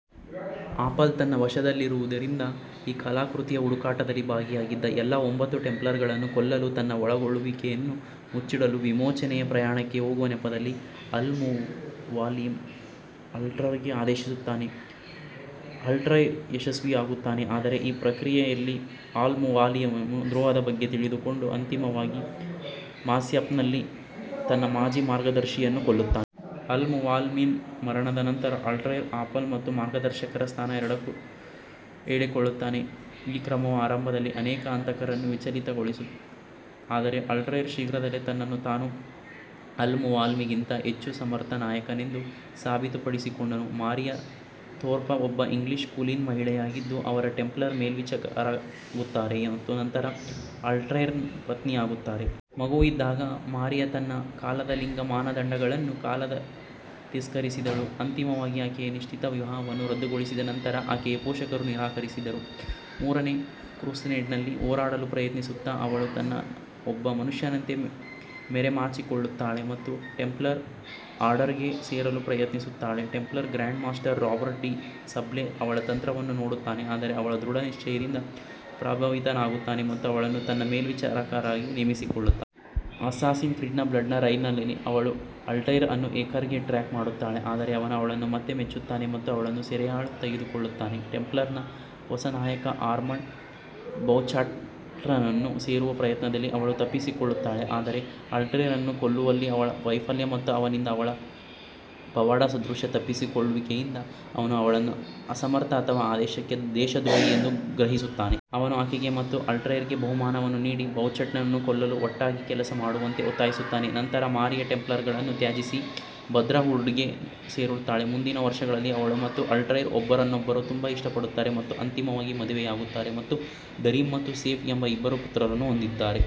Apple ತನ್ನ ವಶದಲ್ಲಿರುವುದರಿಂದ, ಈ ಕಲಾಕೃತಿಯ ಹುಡುಕಾಟದಲ್ಲಿ ಭಾಗಿಯಾಗಿದ್ದ ಎಲ್ಲಾ ಒಂಬತ್ತು ಟೆಂಪ್ಲರ್ಗಳನ್ನು ಕೊಲ್ಲಲು, ತನ್ನ ಒಳಗೊಳ್ಳುವಿಕೆಯನ್ನು ಮುಚ್ಚಿಡಲು, ವಿಮೋಚನೆಯ ಪ್ರಯಾಣಕ್ಕೆ ಹೋಗುವ ನೆಪದಲ್ಲಿ ಅಲ್ ಮುವಾಲಿಮ್ ಆಲ್ಟೈರ್ಗೆ ಆದೇಶಿಸುತ್ತಾನೆ. ಅಲ್ತೈರ್ ಯಶಸ್ವಿಯಾಗುತ್ತಾನೆ, ಆದರೆ ಈ ಪ್ರಕ್ರಿಯೆಯಲ್ಲಿ ಅಲ್ ಮುವಾಲಿಮ್ನ ದ್ರೋಹದ ಬಗ್ಗೆ ತಿಳಿದುಕೊಂಡು, ಅಂತಿಮವಾಗಿ ಮಾಸ್ಯಾಫ್ನಲ್ಲಿ ತನ್ನ ಮಾಜಿ ಮಾರ್ಗದರ್ಶಿಯನ್ನು ಕೊಲ್ಲುತ್ತಾನೆ. ಅಲ್ ಮುವಾಲಿಮ್ನ ಮರಣದ ನಂತರ, ಆಲ್ಟೈರ್ ಆಪಲ್ ಮತ್ತು ಮಾರ್ಗದರ್ಶಕರ ಸ್ಥಾನ ಎರಡನ್ನೂ ಹೇಳಿಕೊಳ್ಳುತ್ತಾನೆ; ಈ ಕ್ರಮವು ಆರಂಭದಲ್ಲಿ ಅನೇಕ ಹಂತಕರನ್ನು ವಿಚಲಿತಗೊಳಿಸಿತು, ಆದರೆ ಆಲ್ಟೈರ್ ಶೀಘ್ರದಲ್ಲೇ ತನ್ನನ್ನು ತಾನು ಅಲ್ ಮುವಾಲಿಮ್ಗಿಂತ ಹೆಚ್ಚು ಸಮರ್ಥ ನಾಯಕನೆಂದು ಸಾಬೀತುಪಡಿಸಿಕೊಂಡನು. ಮಾರಿಯಾ ಥೋರ್ಪ್ ಒಬ್ಬ ಇಂಗ್ಲಿಷ್ ಕುಲೀನ ಮಹಿಳೆಯಾಗಿದ್ದು, ಅವರು ಟೆಂಪ್ಲರ್ ಮೇಲ್ವಿಚಾರಕರಾಗುತ್ತಾರೆ ಮತ್ತು ನಂತರ ಆಲ್ಟೈರ್ನ ಪತ್ನಿಯಾಗುತ್ತಾರೆ. ಮಗುವಾಗಿದ್ದಾಗ, ಮಾರಿಯಾ ತನ್ನ ಕಾಲದ ಲಿಂಗ ಮಾನದಂಡಗಳನ್ನು ತಿರಸ್ಕರಿಸಿದಳು, ಅಂತಿಮವಾಗಿ ಆಕೆಯ ನಿಶ್ಚಿತ ವಿವಾಹವನ್ನು ರದ್ದುಗೊಳಿಸಿದ ನಂತರ ಆಕೆಯ ಪೋಷಕರು ನಿರಾಕರಿಸಿದರು. ಮೂರನೇ ಕ್ರುಸೇಡ್ನಲ್ಲಿ ಹೋರಾಡಲು ಪ್ರಯತ್ನಿಸುತ್ತಾ, ಅವಳು ತನ್ನನ್ನು ಒಬ್ಬ ಮನುಷ್ಯನಂತೆ ಮರೆಮಾಚಿಕೊಳ್ಳುತ್ತಾಳೆ ಮತ್ತು ಟೆಂಪ್ಲರ್ ಆರ್ಡರ್ಗೆ ಸೇರಲು ಪ್ರಯತ್ನಿಸುತ್ತಾಳೆ. Templar grand master, Robert de Sable, ಅವಳ ತಂತ್ರವನ್ನು ನೋಡುತ್ತಾನೆ, ಆದರೆ ಅವಳ ದೃಢ ನಿಶ್ಚಯದಿಂದ ಪ್ರಭಾವಿತನಾಗುತ್ತಾನೆ ಮತ್ತು ಅವಳನ್ನು ತನ್ನ ಮೇಲ್ವಿಚಾರಕರಾಗಿ ನೇಮಿಸಿಕೊಳ್ಳುತ್ತಾನೆ. ಅಸ್ಸಾಸಿನ್ಸ್ ಕ್ರೀಡ್ಃ ಬ್ಲಡ್ ಲೈನ್ಸ್ ನಲ್ಲಿ, ಅವಳು ಆಲ್ಟೈರ್ ಅನ್ನು ಏಕರ್ಗೆ ಟ್ರ್ಯಾಕ್ ಮಾಡುತ್ತಾಳೆ, ಆದರೆ ಅವನು ಅವಳನ್ನು ಮತ್ತೆ ಮೆಚ್ಚುತ್ತಾನೆ ಮತ್ತು ಅವಳನ್ನು ಸೆರೆಯಾಳು ತೆಗೆದುಕೊಳ್ಳುತ್ತಾನೆ. ಟೆಂಪ್ಲರ್ನ ಹೊಸ ನಾಯಕ ಆರ್ಮಂಡ್ ಬೌಚಾರ್ಟ್ನನ್ನು ಸೇರುವ ಪ್ರಯತ್ನದಲ್ಲಿ ಅವಳು ತಪ್ಪಿಸಿಕೊಳ್ಳುತ್ತಾಳೆ, ಆದರೆ ಆಲ್ಟೈರ್ ಅನ್ನು ಕೊಲ್ಲುವಲ್ಲಿ ಅವಳ ವೈಫಲ್ಯ ಮತ್ತು ಅವನಿಂದ ಅವಳ "ಪವಾಡಸದೃಶ" ತಪ್ಪಿಸಿಕೊಳ್ಳುವಿಕೆಯಿಂದಾಗಿ, ಅವನು ಅವಳನ್ನು ಅಸಮರ್ಥ ಅಥವಾ ಆದೇಶಕ್ಕೆ ದೇಶದ್ರೋಹಿ ಎಂದು ಗ್ರಹಿಸುತ್ತಾನೆ. ಅವನು ಆಕೆಗೆ ಮತ್ತು ಆಲ್ಟೈರ್ಗೆ ಬಹುಮಾನವನ್ನು ನೀಡಿ, ಬೌಚಾರ್ಟ್ನನ್ನು ಕೊಲ್ಲಲು ಒಟ್ಟಾಗಿ ಕೆಲಸ ಮಾಡುವಂತೆ ಒತ್ತಾಯಿಸುತ್ತಾನೆ, ನಂತರ ಮಾರಿಯಾ ಟೆಂಪ್ಲರ್ಗಳನ್ನು ತ್ಯಜಿಸಿ ಬ್ರದರ್ಹುಡ್ಗೆ ಸೇರುತ್ತಾಳೆ. ಮುಂದಿನ ವರ್ಷಗಳಲ್ಲಿ, ಅವಳು ಮತ್ತು ಆಲ್ಟೈರ್ ಒಬ್ಬರನ್ನೊಬ್ಬರು ತುಂಬಾ ಇಷ್ಟಪಡುತ್ತಾರೆ ಮತ್ತು ಅಂತಿಮವಾಗಿ ಮದುವೆಯಾಗುತ್ತಾರೆ ಮತ್ತು ದರಿಮ್ ಮತ್ತು ಸೆಫ್ ಎಂಬ ಇಬ್ಬರು ಪುತ್ರರನ್ನು ಹೊಂದಿದ್ದಾರೆ.